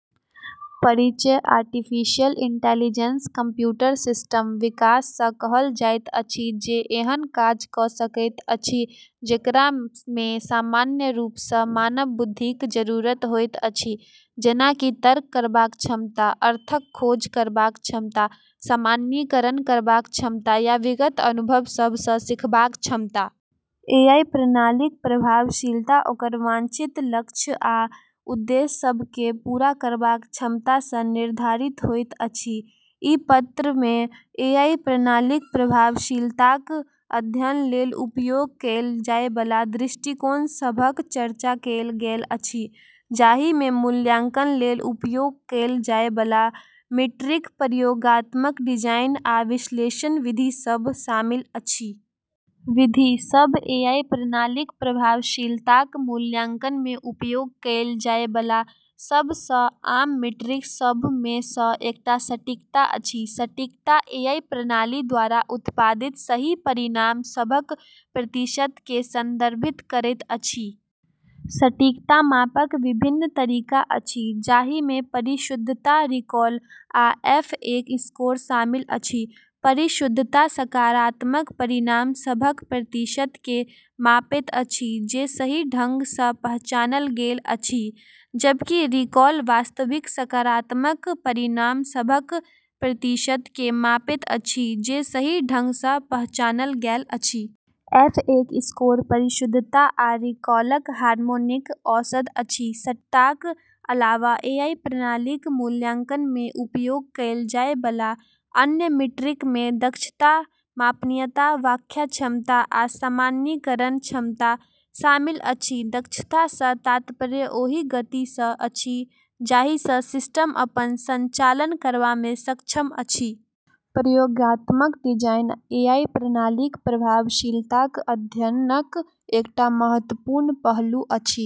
परिचय artificial intelligence computer सिस्टमक विकास सँ कहल जाइत अछि जे एहन काज कऽ सकैत अछि जेकरा मे सामान्य रूप सँ मानव बुद्धिक जरूरत होइत अछि, जेना कि तर्क करबाक क्षमता, अर्थक खोज करबाक क्षमता, सामान्यीकरण करबाक क्षमता या विगत अनुभव सभ सँ सीखबाक क्षमता। एआई प्रणालीक प्रभावशीलता ओकर वांछित लक्ष्य आ उद्देश्य सभ केँ पूरा करबाक क्षमता सँ निर्धारित होइत अछि। ई पत्र मे एआई प्रणालीक प्रभावशीलताक अध्ययन लेल उपयोग कएल जाए बला दृष्टिकोण सभक चर्चा कएल गेल अछि, जाहि मे मूल्यांकन लेल उपयोग कएल जाए बला मीट्रिक, प्रयोगात्मक डिजाइन, आ विश्लेषण विधि सभ शामिल अछि। विधि सभ एआई प्रणालीक प्रभावशीलताक मूल्यांकन मे उपयोग कएल जाए बला सब सँ आम मीट्रिक सभ मे सँ एकटा 'सटीकता' अछि। सटीकता एआई प्रणाली द्वारा उत्पादित सही परिणाम सभक प्रतिशत केँ संदर्भित करैत अछि। सटीकताक मापक विभिन्न तरीका अछि, जाहि मे परिशुद्धता, रिकॉल, आ एफ-एक स्कोर शामिल अछि। परिशुद्धता सकारात्मक परिणाम सभक प्रतिशत केँ मापैत अछि जे सही ढंग सँ पहचानल गेल अछि, जबकि रिकॉल वास्तविक सकारात्मक परिणाम सभक प्रतिशत केँ मापैत अछि जे सही ढंग सँ पहचानल गेल अछि। एफ-एक स्कोर परिशुद्धता आ रिकॉलक हार्मोनिक औसत अछि। सटीकताक अलावा, एआई प्रणालीक मूल्यांकन मे उपयोग कएल जाए बला अन्य मीट्रिक मे दक्षता, मापनीयता, व्याख्या क्षमता, आ सामान्यीकरण क्षमता शामिल अछि। दक्षता सँ तात्पर्य ओहि गति सँ अछि जाहि सँ सिस्टम अपन संचालन करबा मे सक्षम अछि। प्रयोगात्मक डिजाइन एआई प्रणालीक प्रभावशीलताक अध्ययनक एकटा महत्वपूर्ण पहलू अछि।